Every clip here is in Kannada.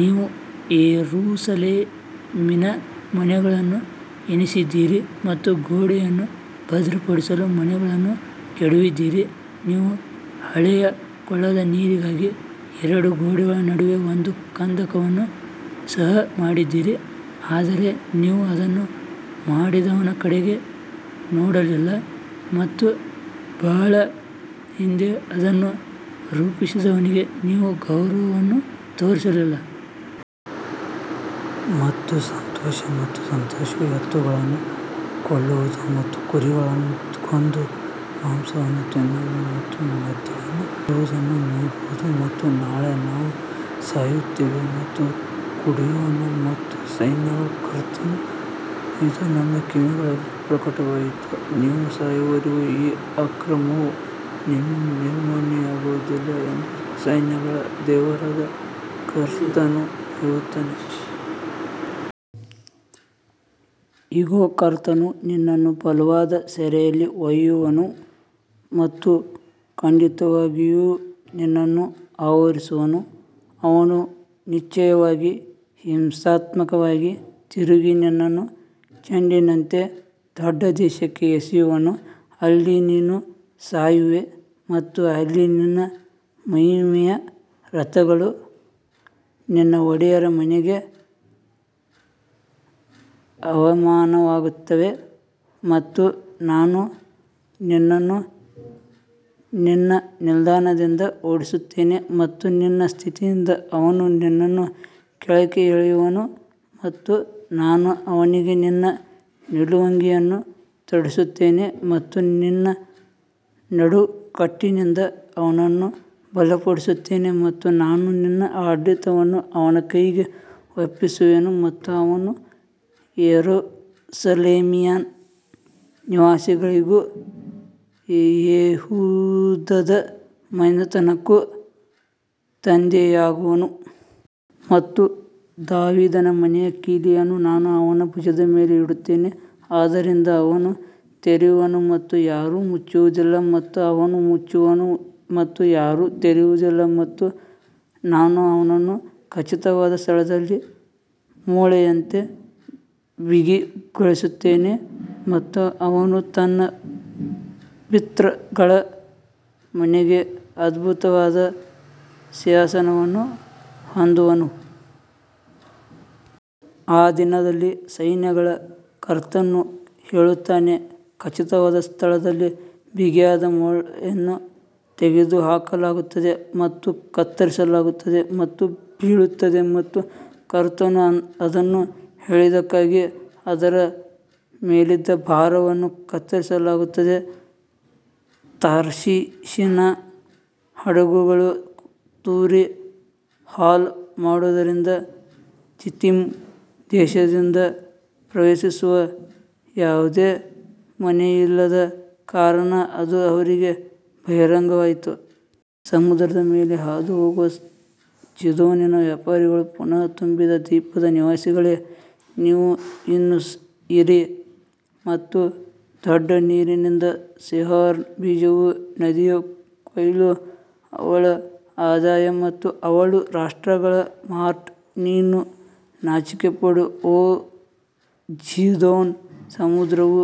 ನೀವು ಯೆರೂಸಲೇಮಿನ ಮನೆಗಳನ್ನು ಎಣಿಸಿದ್ದೀರಿ ಮತ್ತು ಗೋಡೆಯನ್ನು ಭದ್ರಪಡಿಸಲು ಮನೆಗಳನ್ನು ಕೆಡವಿದ್ದೀರಿ ನೀವು ಹಳೆಯ ಕೊಳದ ನೀರಿಗಾಗಿ ಎರಡು ಗೋಡೆಗಳ ನಡುವೆ ಒಂದು ಕಂದಕವನ್ನು ಸಹ ಮಾಡಿದ್ದೀರಿ ಆದರೆ ನೀವು ಅದನ್ನು ಮಾಡಿದವನ ಕಡೆಗೆ ನೋಡಲಿಲ್ಲ ಮತ್ತು ಬಹಳ ಹಿಂದೆಯೇ ಅದನ್ನು ರೂಪಿಸಿದವನಿಗೆ ನೀವು ಗೌರವವನ್ನು ತೋರಿಸಲಿಲ್ಲ. ಮತ್ತು ಸಂತೋಷ ಮತ್ತು ಸಂತೋಷವು ಎತ್ತುಗಳನ್ನು ಕೊಲ್ಲುವುದು ಮತ್ತು ಕುರಿಗಳನ್ನು ಕೊಂದು ಮಾಂಸವನ್ನು ತಿನ್ನುವುದು ಮತ್ತು ಮದ್ಯವನ್ನು ಕುಡಿಯುವುದನ್ನು ನೋಡುವುದು ಮತ್ತು ನಾಳೆ ನಾವು ಸಾಯುತ್ತೇವೆ ಮತ್ತು ಕುಡಿಯೋಣ ಮತ್ತು ಸೈನ್ಯಗಳ ಕರ್ತನು ಇದು ನನ್ನ ಕಿವಿಗಳಲ್ಲಿ ಪ್ರಕಟವಾಯಿತು, ನೀವು ಸಾಯುವವರೆಗೂ ಈ ಅಕ್ರಮವು ನಿಮ್ಮಿಂದ ನಿರ್ಮೂಲನೆಯಾಗುವುದಿಲ್ಲ ಎಂದು ಸೈನ್ಯಗಳ ದೇವರಾದ ಕರ್ತನು ಹೇಳುತ್ತಾನೆ. ಇಗೋ, ಕರ್ತನು ನಿನ್ನನ್ನು ಬಲವಾದ ಸೆರೆಯಲ್ಲಿ ಒಯ್ಯುವನು ಮತ್ತು ಖಂಡಿತವಾಗಿಯೂ ನಿನ್ನನ್ನು ಆವರಿಸುವನು ಅವನು ನಿಶ್ಚಯವಾಗಿ ಹಿಂಸಾತ್ಮಕವಾಗಿ ತಿರುಗಿ ನಿನ್ನನ್ನು ಚೆಂಡಿನಂತೆ ದೊಡ್ಡ ದೇಶಕ್ಕೆ ಎಸೆಯುವನು, ಅಲ್ಲಿ ನೀನು ಸಾಯುವೆ ಮತ್ತು ಅಲ್ಲಿ ನಿನ್ನ ಮಹಿಮೆಯ ರಥಗಳು ನಿನ್ನ ಒಡೆಯರ ಮನೆಗೆ ಅವಮಾನವಾಗುತ್ತವೆ ಮತ್ತು ನಾನು ನಿನ್ನನ್ನು ನಿನ್ನ ನಿಲ್ದಾಣದಿಂದ ಓಡಿಸುತ್ತೇನೆ ಮತ್ತು ನಿನ್ನ ಸ್ಥಿತಿಯಿಂದ ಅವನು ನಿನ್ನನ್ನು ಕೆಳಕ್ಕೆ ಎಳೆಯುವನು ಮತ್ತು ನಾನು ಅವನಿಗೆ ನಿನ್ನ ನಿಲುವಂಗಿಯನ್ನು ತೊಡಿಸುತ್ತೇನೆ ಮತ್ತು ನಿನ್ನ ನಡುಕಟ್ಟಿನಿಂದ ಅವನನ್ನು ಬಲಪಡಿಸುತ್ತೇನೆ ಮತ್ತು ನಾನು ನಿನ್ನ ಆಡಳಿತವನ್ನು ಅವನ ಕೈಗೆ ಒಪ್ಪಿಸುವೆನು ಮತ್ತು ಅವನು ಯೆರೂಸಲೇಮಿನ ನಿವಾಸಿಗಳಿಗೂ ಯೆಹೂದದ ಮನೆತನಕ್ಕೂ ತಂದೆಯಾಗುವನು. ಮತ್ತು ದಾವೀದನ ಮನೆಯ ಕೀಲಿಯನ್ನು ನಾನು ಅವನ ಭುಜದ ಮೇಲೆ ಇಡುತ್ತೇನೆ, ಆದ್ದರಿಂದ ಅವನು ತೆರೆಯುವನು ಮತ್ತು ಯಾರೂ ಮುಚ್ಚುವುದಿಲ್ಲ ಮತ್ತು ಅವನು ಮುಚ್ಚುವನು ಮತ್ತು ಯಾರೂ ತೆರೆಯುವುದಿಲ್ಲ ಮತ್ತು ನಾನು ಅವನನ್ನು ಖಚಿತವಾದ ಸ್ಥಳದಲ್ಲಿ ಮೊಳೆಯಂತೆ ಬಿಗಿಗೊಳಿಸುತ್ತೇನೆ ಮತ್ತು ಅವನು ತನ್ನ ಪಿತೃಗಳ ಮನೆಗೆ ಅದ್ಭುತವಾದ ಸಿಂಹಾಸನವನ್ನು ಹೊಂದುವನು. ಆ ದಿನದಲ್ಲಿ ಸೈನ್ಯಗಳ ಕರ್ತನು ಹೇಳುತ್ತಾನೆ, ಖಚಿತವಾದ ಸ್ಥಳದಲ್ಲಿ ಬಿಗಿಯಾದ ಮೊಳೆಯನ್ನು ತೆಗೆದುಹಾಕಲಾಗುತ್ತದೆ ಮತ್ತು ಕತ್ತರಿಸಲಾಗುತ್ತದೆ ಮತ್ತು ಬೀಳುತ್ತದೆ ಮತ್ತು ಕರ್ತನು ಅದನ್ನು ಹೇಳಿದ್ದಕ್ಕಾಗಿ ಅದರ ಮೇಲಿದ್ದ ಭಾರವನ್ನು ಕತ್ತರಿಸಲಾಗುತ್ತದೆ. ತಾರ್ಷೀಷಿನ ಹಡಗುಗಳು ತೂರಿ ಹೌಲ್ ಮಾಡುವುದರಿಂದ ಚಿತ್ತೀಮ್ ದೇಶದಿಂದ ಪ್ರವೇಶಿಸುವ ಯಾವುದೇ ಮನೆಯಿಲ್ಲದ ಕಾರಣ ಅದು ಅವರಿಗೆ ಬಹಿರಂಗವಾಯಿತು. ಸಮುದ್ರದ ಮೇಲೆ ಹಾದುಹೋಗುವ ಝೀದೋನಿನ ವ್ಯಾಪಾರಿಗಳು ಪುನಃ ತುಂಬಿದ ದ್ವೀಪದ ನಿವಾಸಿಗಳೇ, ನೀವು ಇನ್ನೂ ಇರಿ. ಮತ್ತು ದೊಡ್ಡ ನೀರಿನಿಂದ ಸೀಹೋರ್ನ ಬೀಜವು ನದಿಯ ಕೊಯ್ಲು ಅವಳ ಆದಾಯ ಮತ್ತು ಅವಳು ರಾಷ್ಟ್ರಗಳ ಮಾರ್ಟ್ ನೀನು ನಾಚಿಕೆಪಡು ಓ ಝೀದೋನ್, ಸಮುದ್ರವು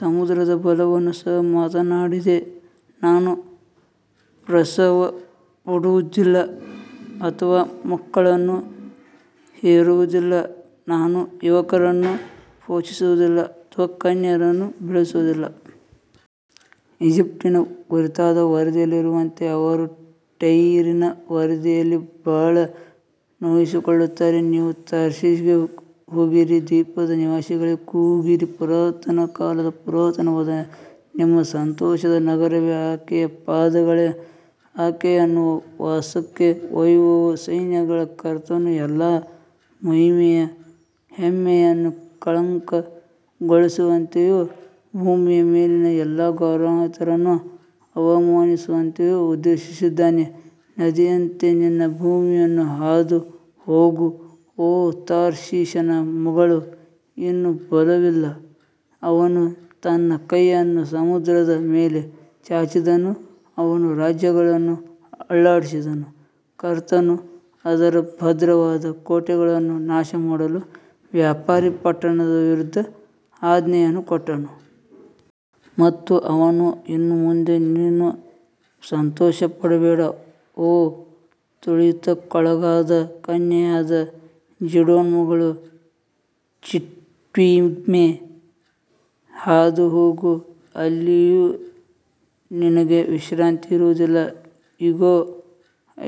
ಸಮುದ್ರದ ಬಲವನ್ನು ಸಹ ಮಾತನಾಡಿದೆ, ನಾನು ಪ್ರಸವಪಡುವುದಿಲ್ಲ ಅಥವಾ ಮಕ್ಕಳನ್ನು ಹೆರುವುದಿಲ್ಲ, ನಾನು ಯುವಕರನ್ನು ಪೋಷಿಸುವುದಿಲ್ಲ ಅಥವಾ ಕನ್ಯೆಯರನ್ನು ಬೆಳೆಸುವುದಿಲ್ಲ. ಈಜಿಪ್ಟಿನ ಕುರಿತಾದ ವರದಿಯಲ್ಲಿರುವಂತೆ ಅವರು ಟೈರಿನ ವರದಿಯಲ್ಲಿ ಬಹಳ ನೋಯಿಸಿಕೊಳ್ಳುತ್ತಾರೆ ನೀವು ತಾರ್ಷೀಷ್ಗೆ ಹೋಗಿರಿ, ದ್ವೀಪದ ನಿವಾಸಿಗಳೇ ಕೂಗಿರಿ ಪುರಾತನ ಕಾಲದ ಪುರಾತನವಾದ ನಿಮ್ಮ ಸಂತೋಷದ ನಗರವೇ ಆಕೆಯ ಪಾದಗಳೇ ಆಕೆಯನ್ನು ವಾಸಕ್ಕೆ ಒಯ್ಯುವವು ಸೈನ್ಯಗಳ ಕರ್ತನು ಎಲ್ಲಾ ಮಹಿಮೆಯ ಹೆಮ್ಮೆಯನ್ನು ಕಳಂಕಗೊಳಿಸುವಂತೆಯೂ ಭೂಮಿಯ ಮೇಲಿನ ಎಲ್ಲಾ ಗೌರವಾನ್ವಿತರನ್ನು ಅವಮಾನಿಸುವಂತೆಯೂ ಉದ್ದೇಶಿಸಿದ್ದಾನೆ ನದಿಯಂತೆ ನಿನ್ನ ಭೂಮಿಯನ್ನು ಹಾದು ಹೋಗು ಓ ತಾರ್ಷೀಷನ ಮಗಳು ಇನ್ನು ಬಲವಿಲ್ಲ ಅವನು ತನ್ನ ಕೈಯನ್ನು ಸಮುದ್ರದ ಮೇಲೆ ಚಾಚಿದನು, ಅವನು ರಾಜ್ಯಗಳನ್ನು ಅಲ್ಲಾಡಿಸಿದನು, ಕರ್ತನು ಅದರ ಭದ್ರವಾದ ಕೋಟೆಗಳನ್ನು ನಾಶಮಾಡಲು ವ್ಯಾಪಾರಿ ಪಟ್ಟಣದ ವಿರುದ್ಧ ಆಜ್ಞೆಯನ್ನು ಕೊಟ್ಟನು. ಮತ್ತು ಅವನು ಇನ್ನು ಮುಂದೆ ನೀನು ಸಂತೋಷಪಡಬೇಡ, ಓ ತುಳಿತಕ್ಕೊಳಗಾದ ಕನ್ಯೆಯಾದ ಜಿಡೋನ್ ಮಗಳು ಚಿಟ್ಟಿಮ್ಗೆ ಹಾದುಹೋಗು ಅಲ್ಲಿಯೂ ನಿನಗೆ ವಿಶ್ರಾಂತಿ ಇರುವುದಿಲ್ಲ. ಇಗೋ,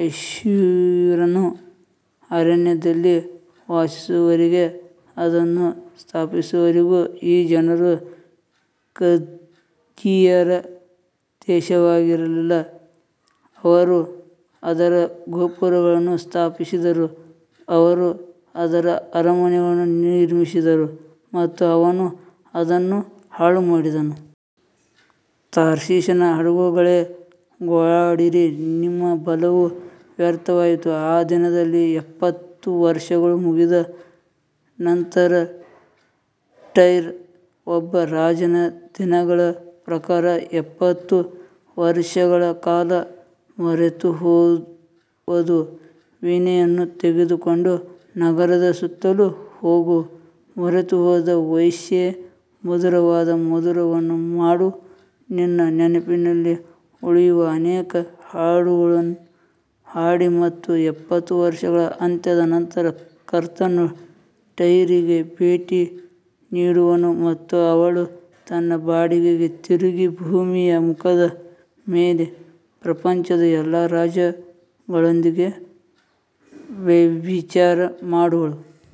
ಅಶ್ಶೂರನು ಅರಣ್ಯದಲ್ಲಿ ವಾಸಿಸುವವರಿಗೆ ಅದನ್ನು ಸ್ಥಾಪಿಸುವವರೆಗೂ ಈ ಜನರು ಕಸ್ದೀಯರ ದೇಶವಾಗಿರಲಿಲ್ಲ, ಅವರು ಅದರ ಗೋಪುರಗಳನ್ನು ಸ್ಥಾಪಿಸಿದರು, ಅವರು ಅದರ ಅರಮನೆಗಳನ್ನು ನಿರ್ಮಿಸಿದರು ಮತ್ತು ಅವನು ಅದನ್ನು ಹಾಳುಮಾಡಿದನು. ತಾರ್ಷೀಷಿನ ಹಡಗುಗಳೇ ಗೋಳಾಡಿರಿ ನಿಮ್ಮ ಬಲವು ವ್ಯರ್ಥವಾಯಿತು ಆ ದಿನದಲ್ಲಿ ಎಪ್ಪತ್ತು ವರ್ಷಗಳು ಮುಗಿದ ನಂತರ ಟೈರ್ ಒಬ್ಬ ರಾಜನ ದಿನಗಳ ಪ್ರಕಾರ ಎಪ್ಪತ್ತು ವರ್ಷಗಳ ಕಾಲ ಮರೆತುಹೋಗುವದು ವೀಣೆಯನ್ನು ತೆಗೆದುಕೊಂಡು ನಗರದ ಸುತ್ತಲೂ ಹೋಗು, ಮರೆತುಹೋದ ವೇಶ್ಯೆ, ಮಧುರವಾದ ಮಧುರವನ್ನು ಮಾಡು ನಿನ್ನ ನೆನಪಿನಲ್ಲಿ ಉಳಿಯುವ ಅನೇಕ ಹಾಡುಗಳನ್ನು ಹಾಡಿ ಮತ್ತು ಎಪ್ಪತ್ತು ವರ್ಷಗಳ ಅಂತ್ಯದ ನಂತರ ಕರ್ತನು ಟೈರಿಗೆ ಭೇಟಿ ನೀಡುವನು ಮತ್ತು ಅವಳು ತನ್ನ ಬಾಡಿಗೆಗೆ ತಿರುಗಿ ಭೂಮಿಯ ಮುಖದ ಮೇಲೆ ಪ್ರಪಂಚದ ಎಲ್ಲಾ ರಾಜ್ಯಗಳೊಂದಿಗೆ ವ್ಯಭಿಚಾರ ಮಾಡುವಳು.